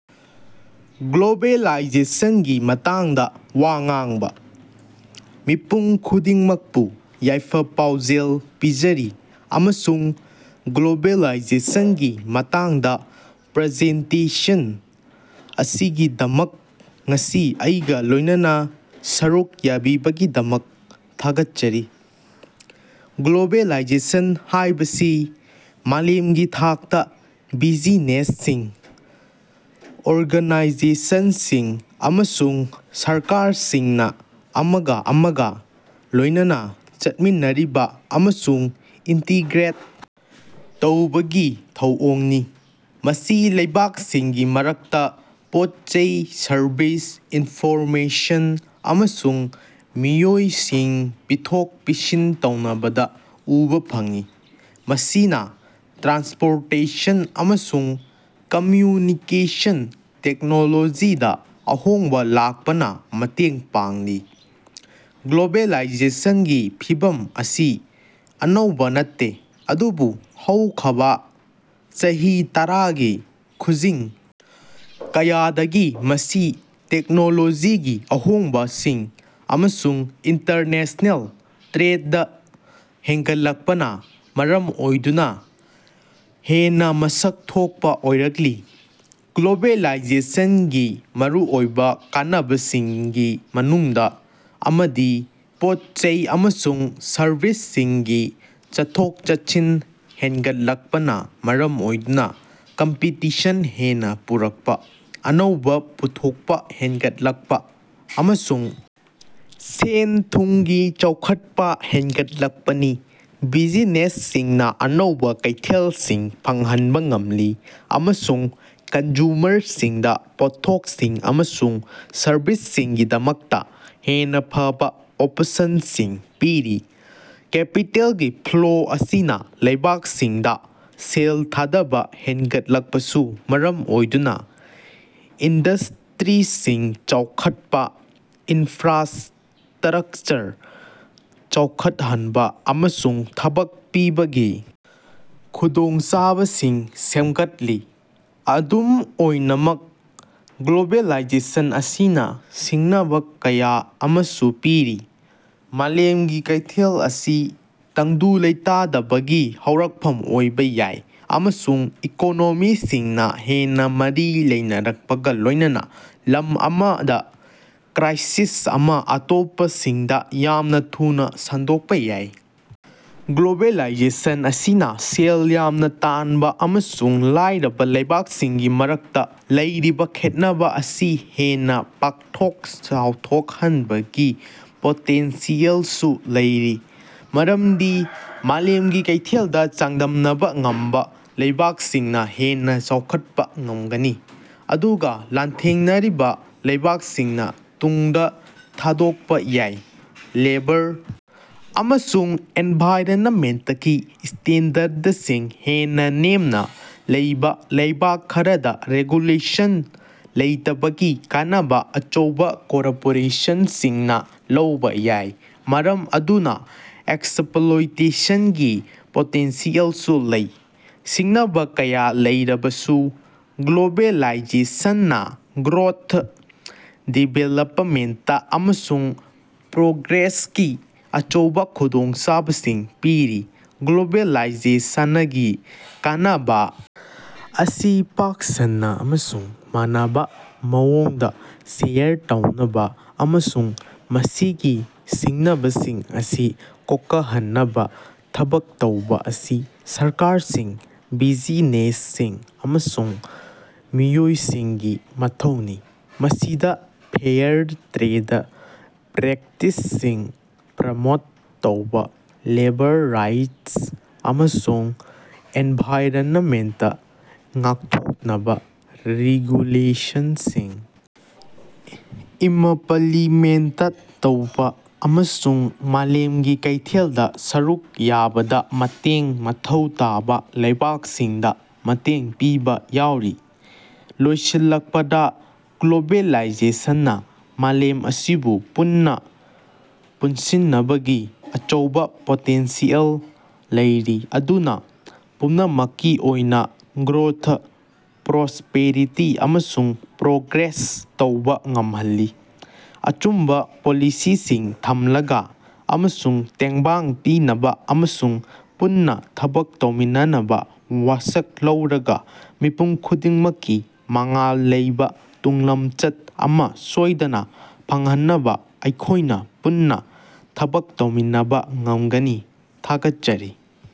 ꯒ꯭ꯂꯣꯕꯦꯂꯥꯏꯖꯦꯁꯟꯒꯤ ꯃꯇꯥꯡꯗ ꯋꯥ ꯉꯥꯡꯕ꯫ ꯃꯤꯄꯨꯝ ꯈꯨꯗꯤꯡꯃꯛꯄꯨ ꯌꯥꯏꯐ-ꯄꯥꯎꯖꯦꯜ ꯄꯤꯖꯔꯤ, ꯑꯃꯁꯨꯡ ꯒ꯭ꯂꯣꯕꯦꯂꯥꯏꯖꯦꯁꯟꯒꯤ ꯃꯇꯥꯡꯗ ꯄ꯭ꯔꯖꯦꯟꯇꯦꯁꯟ ꯑꯁꯤꯒꯤꯗꯃꯛ ꯉꯁꯤ ꯑꯩꯒ ꯂꯣꯏꯅꯅ ꯁꯔꯨꯛ ꯌꯥꯕꯤꯕꯒꯤꯗꯃꯛ ꯊꯥꯒꯠꯆꯔꯤ꯫ ꯒ꯭ꯂꯣꯕꯦꯂꯥꯏꯖꯦꯁꯟ ꯍꯥꯏꯕꯁꯤ ꯃꯥꯂꯦꯝꯒꯤ ꯊꯥꯛꯇ ꯕꯤꯖꯤꯅꯦꯁꯁꯤꯡ, ꯑꯣꯔꯒꯅꯥꯏꯖꯦꯁꯟꯁꯤꯡ ꯑꯃꯁꯨꯡ ꯁꯔꯀꯥꯔꯁꯤꯡꯅ ꯑꯃꯒꯥ ꯑꯃꯒꯥ ꯂꯣꯏꯅꯅ ꯆꯠꯃꯤꯟꯅꯔꯤꯕ ꯑꯃꯁꯨꯡ ꯏꯟꯇꯤꯒ꯭ꯔꯦꯠ ꯇꯧꯕꯒꯤ ꯊꯧꯑꯣꯡꯅꯤ꯫ ꯃꯁꯤ ꯂꯩꯕꯥꯛꯁꯤꯡꯒꯤ ꯃꯔꯛꯇ ꯄꯣꯠ-ꯆꯩ, ꯁꯔꯕꯤꯁ, ꯏꯟꯐꯣꯔꯃꯦꯁꯟ, ꯑꯃꯁꯨꯡ ꯃꯤꯑꯣꯏꯁꯤꯡ ꯄꯤꯊꯣꯛ-ꯄꯤꯁꯤꯟ ꯇꯧꯅꯕꯗ ꯎꯕ ꯐꯪꯏ, ꯃꯁꯤꯅ ꯇ꯭ꯔꯥꯟꯁꯄꯣꯔꯇꯦꯁꯟ ꯑꯃꯁꯨꯡ ꯀꯝꯃ꯭ꯌꯨꯅꯤꯀꯦꯁꯟ ꯇꯦꯛꯅꯣꯂꯣꯖꯤꯗ ꯑꯍꯣꯡꯕ ꯂꯥꯛꯄꯅ ꯃꯇꯦꯡ ꯄꯥꯡꯂꯤ꯫ ꯒ꯭ꯂꯣꯕꯦꯂꯥꯏꯖꯦꯁꯟꯒꯤ ꯐꯤꯚꯝ ꯑꯁꯤ ꯑꯅꯧꯕ ꯅꯠꯇꯦ, ꯑꯗꯨꯕꯨ ꯍꯧꯈꯕꯥ ꯆꯍꯤ ꯇꯔꯥꯒꯤ ꯈꯨꯖꯤꯡ ꯀꯌꯥꯗꯒꯤ ꯃꯁꯤ ꯇꯦꯛꯅꯣꯂꯣꯖꯤꯒꯤ ꯑꯍꯣꯡꯕꯁꯤꯡ ꯑꯃꯁꯨꯡ ꯏꯟꯇꯔꯅꯦꯁꯅꯦꯜ ꯇ꯭ꯔꯦꯗ ꯍꯦꯟꯒꯠꯂꯛꯄꯅꯥ ꯃꯔꯝ ꯑꯣꯏꯗꯨꯅ ꯍꯦꯟꯅ ꯃꯁꯛ ꯊꯣꯛꯄ ꯑꯣꯏꯔꯛꯂꯤ꯫ ꯒ꯭ꯂꯣꯕꯦꯂꯥꯏꯖꯦꯁꯟꯒꯤ ꯃꯔꯨꯑꯣꯏꯕ ꯀꯥꯟꯅꯕꯁꯤꯡꯒꯤ ꯃꯅꯨꯡꯗ ꯑꯃꯗꯤ ꯄꯣꯠ-ꯆꯩ ꯑꯃꯁꯨꯡ ꯁꯔꯕꯤꯁꯁꯤꯡꯒꯤ ꯆꯠꯊꯣꯛ-ꯆꯠꯁꯤꯟ ꯍꯦꯟꯒꯠꯂꯛꯄꯅ ꯃꯔꯝ ꯑꯣꯏꯗꯨꯅ ꯀꯝꯄꯤꯇꯤꯁꯟ ꯍꯦꯟꯅ ꯄꯨꯔꯛꯄ, ꯑꯅꯧꯕꯥ ꯄꯨꯊꯣꯛꯄ ꯍꯦꯟꯒꯠꯂꯛꯄ, ꯑꯃꯁꯨꯡ ꯁꯦꯟ-ꯊꯨꯝꯒꯤ ꯆꯥꯎꯈꯠꯄ ꯍꯦꯟꯒꯠꯂꯛꯄꯅꯤ꯫ ꯕꯤꯖꯤꯅꯦꯁꯁꯤꯡꯅ ꯑꯅꯧꯕ ꯀꯩꯊꯦꯜꯁꯤꯡ ꯐꯪꯍꯟꯕ ꯉꯝꯂꯤ, ꯑꯃꯁꯨꯡ ꯀꯟꯖꯨꯃꯔꯁꯤꯡꯗ ꯄꯣꯠꯊꯣꯛꯁꯤꯡ ꯑꯃꯁꯨꯡ ꯁꯔꯕꯤꯁꯁꯤꯡꯒꯤꯗꯃꯛꯇ ꯍꯦꯟꯅ ꯐꯕ ꯑꯣꯄꯁꯟꯁꯤꯡ ꯄꯤꯔꯤ꯫ ꯀꯦꯄꯤꯇꯦꯜꯒꯤ ꯐ꯭ꯂꯣ ꯑꯁꯤꯅ ꯂꯩꯕꯥꯛꯁꯤꯡꯗ ꯁꯦꯜ ꯊꯥꯗꯕ ꯍꯦꯟꯒꯠꯂꯛꯄꯁꯨ ꯃꯔꯝ ꯑꯣꯏꯗꯨꯅ ꯏꯟꯗꯁ꯭ꯇꯔꯤꯁꯤꯡ ꯆꯥꯎꯈꯠꯄ, ꯏꯟꯐ꯭ꯔꯥꯁꯇꯔꯛꯆꯔ ꯆꯥꯎꯈꯠꯍꯟꯕ, ꯑꯃꯁꯨꯡ ꯊꯕꯛ ꯄꯤꯕꯒꯤ ꯈꯨꯗꯣꯡꯆꯥꯕꯁꯤꯡ ꯁꯦꯝꯒꯠꯂꯤ꯫ ꯑꯗꯨꯝ ꯑꯣꯏꯅꯃꯛ, ꯒ꯭ꯂꯣꯕꯦꯂꯥꯏꯖꯦꯁꯟ ꯑꯁꯤꯅ ꯁꯤꯡꯅꯕ ꯀꯌꯥ ꯑꯃꯁꯨ ꯄꯤꯔꯤ꯫ ꯃꯥꯂꯦꯝꯒꯤ ꯀꯩꯊꯦꯜ ꯑꯁꯤ ꯇꯪꯗꯨ ꯂꯩꯇꯥꯗꯕꯒꯤ ꯍꯧꯔꯛꯐꯝ ꯑꯣꯏꯕ ꯌꯥꯏ, ꯑꯃꯁꯨꯡ ꯏꯀꯣꯅꯣꯃꯤꯁꯤꯡꯅ ꯍꯦꯟꯅ ꯃꯔꯤ ꯂꯩꯅꯔꯛꯄꯒ ꯂꯣꯏꯅꯅ ꯂꯝ ꯑꯃꯗ ꯀ꯭ꯔꯥꯏꯁꯤꯁ ꯑꯃ ꯑꯇꯣꯞꯄꯁꯤꯡꯗ ꯌꯥꯝꯅ ꯊꯨꯅ ꯁꯟꯗꯣꯛꯄ ꯌꯥꯏ꯫ ꯒ꯭ꯂꯣꯕꯦꯂꯥꯏꯖꯦꯁꯟ ꯑꯁꯤꯅ ꯁꯦꯜ ꯌꯥꯝꯅ ꯇꯥꯟꯕ ꯑꯃꯁꯨꯡ ꯂꯥꯏꯔꯕ ꯂꯩꯕꯥꯛꯁꯤꯡꯒꯤ ꯃꯔꯛꯇ ꯂꯩꯔꯤꯕ ꯈꯦꯠꯅꯕ ꯑꯁꯤ ꯍꯦꯟꯅ ꯄꯥꯛꯊꯣꯛ ꯆꯥꯎꯊꯣꯛꯍꯟꯕꯒꯤ ꯄꯣꯇꯦꯟꯁꯤꯌꯦꯜꯁꯨ ꯂꯩꯔꯤ, ꯃꯔꯝꯗꯤ ꯃꯥꯂꯦꯝꯒꯤ ꯀꯩꯊꯦꯜꯗ ꯆꯥꯡꯗꯝꯅꯕ ꯉꯝꯕ ꯂꯩꯕꯥꯛꯁꯤꯡꯅ ꯍꯦꯟꯅ ꯆꯥꯎꯈꯠꯄ ꯉꯝꯒꯅꯤ, ꯑꯗꯨꯒ ꯂꯥꯟꯊꯦꯡꯅꯔꯤꯕ ꯂꯩꯕꯥꯛꯁꯤꯡꯅ ꯇꯨꯡꯗ ꯊꯥꯗꯣꯛꯄ ꯌꯥꯏ꯫ ꯂꯦꯕꯔ ꯑꯃꯁꯨꯡ ꯑꯦꯟꯚꯥꯏꯔꯅꯃꯦꯟꯇꯀꯤ ꯁ꯭ꯇꯦꯟꯗꯔꯗꯁꯤꯡ ꯍꯦꯟꯅ ꯅꯦꯝꯅ ꯂꯩꯕꯥ ꯂꯩꯕꯥꯛ ꯈꯔꯗ ꯔꯦꯒꯨꯂꯦꯁꯟ ꯂꯩꯇꯕꯒꯤ ꯀꯥꯟꯅꯕ ꯑꯆꯧꯕ ꯀꯣꯔꯄꯣꯔꯦꯁꯟꯁꯤꯡꯅ ꯂꯧꯕ ꯌꯥꯏ, ꯃꯔꯝ ꯑꯗꯨꯅ ꯑꯦꯛꯁꯄꯂꯣꯏꯇꯦꯁꯟꯒꯤ ꯄꯣꯇꯦꯟꯁꯤꯌꯦꯜꯁꯨ ꯂꯩ꯫ ꯁꯤꯡꯅꯕ ꯀꯌꯥ ꯂꯩꯔꯕꯁꯨ, ꯒ꯭ꯂꯣꯕꯦꯂꯥꯏꯖꯦꯁꯟꯅꯥ ꯒ꯭ꯔꯣꯊ, ꯗꯤꯕꯦꯂꯄꯃꯦꯟꯇ ꯑꯃꯁꯨꯡ ꯄ꯭ꯔꯣꯒ꯭ꯔꯦꯁꯀꯤ ꯑꯆꯧꯕ ꯈꯨꯗꯣꯡꯆꯥꯕꯁꯤꯡ ꯄꯤꯔꯤ꯫ ꯒ꯭ꯂꯣꯕꯦꯂꯥꯏꯖꯦꯁꯅꯒꯤ ꯀꯥꯟꯅꯕꯥ ꯑꯁꯤ ꯄꯥꯛ ꯁꯟꯅꯥ ꯑꯃꯁꯨꯡ ꯃꯥꯟꯅꯕꯥ ꯃꯑꯣꯡꯗꯥ ꯁꯦꯌꯔ ꯇꯧꯅꯕꯥ, ꯑꯃꯁꯨꯡ ꯃꯁꯤꯒꯤ ꯁꯤꯡꯅꯕꯁꯤꯡ ꯑꯁꯤ ꯀꯣꯀꯍꯟꯅꯕꯥ ꯊꯕꯛ ꯇꯧꯕꯥ ꯑꯁꯤ ꯁꯔꯀꯥꯔꯁꯤꯡ, ꯕꯤꯖꯤꯅꯦꯁꯁꯤꯡ ꯑꯃꯁꯨꯡ ꯃꯤꯑꯣꯏꯁꯤꯡꯒꯤ ꯃꯊꯧꯅꯤ꯫ ꯃꯁꯤꯗ ꯐꯦꯌꯔ ꯇ꯭ꯔꯦꯗ ꯄ꯭ꯔꯦꯛꯇꯤꯁꯁꯤꯡ ꯄ꯭ꯔꯃꯣꯠ ꯇꯧꯕꯥ, ꯂꯦꯕꯔ ꯔꯥꯏꯠꯁ ꯑꯃꯁꯨꯡ ꯑꯦꯟꯚꯥꯏꯔꯅꯃꯦꯟꯇ ꯉꯥꯛꯊꯣꯛꯅꯕꯥ ꯔꯤꯒꯨꯂꯦꯁꯟꯁꯤꯡ ꯏꯃꯄꯂꯤꯃꯦꯟꯇ ꯇꯧꯕ, ꯑꯃꯁꯨꯡ ꯃꯥꯂꯦꯝꯒꯤ ꯀꯩꯊꯦꯜꯗ ꯁꯔꯨꯛ ꯌꯥꯕꯗ ꯃꯇꯦꯡ ꯃꯊꯧ ꯇꯥꯕ ꯂꯩꯕꯥꯛꯁꯤꯡꯗ ꯃꯇꯦꯡ ꯄꯤꯕ ꯌꯥꯎꯔꯤ꯫ ꯂꯣꯏꯁꯤꯜꯂꯛꯄꯗꯥ, ꯒ꯭ꯂꯣꯕꯦꯂꯥꯏꯖꯦꯁꯟꯅ ꯃꯥꯂꯦꯝ ꯑꯁꯤꯕꯨ ꯄꯨꯟꯅ ꯄꯨꯟꯁꯤꯟꯅꯕꯒꯤ ꯑꯆꯧꯕ ꯄꯣꯇꯦꯟꯁꯤꯌꯦꯜ ꯂꯩꯔꯤ ꯃꯗꯨꯅ ꯄꯨꯝꯅꯃꯛꯀꯤ ꯑꯣꯏꯅ ꯒ꯭ꯔꯣꯊ, ꯄ꯭ꯔꯣꯁꯄꯦꯔꯤꯇꯤ ꯑꯃꯁꯨꯡ ꯄ꯭ꯔꯣꯒ꯭ꯔꯦꯁ ꯇꯧꯕꯥ ꯉꯝꯍꯜꯂꯤ꯫ ꯑꯆꯨꯝꯕ ꯄꯣꯂꯤꯁꯤꯁꯤꯡ ꯊꯝꯂꯒꯥ, ꯑꯃꯁꯨꯡ ꯇꯦꯡꯕꯥꯡ ꯄꯤꯅꯕ ꯑꯃꯁꯨꯡ ꯄꯨꯟꯅ ꯊꯕꯛ ꯇꯧꯃꯤꯟꯅꯅꯕ ꯋꯥꯁꯛ ꯂꯧꯔꯒꯥ, ꯃꯤꯄꯨꯝ ꯈꯨꯗꯤꯡꯃꯛꯀꯤ ꯃꯉꯥꯜ ꯂꯩꯕꯥ ꯇꯨꯡꯂꯝꯆꯠ ꯑꯃ ꯁꯣꯏꯗꯅ ꯐꯪꯍꯟꯅꯕ ꯑꯩꯈꯣꯏꯅ ꯄꯨꯟꯅ ꯊꯕꯛ ꯇꯧꯃꯤꯟꯅꯕ ꯉꯝꯒꯅꯤ꯫ ꯊꯥꯒꯠꯆꯔꯤ.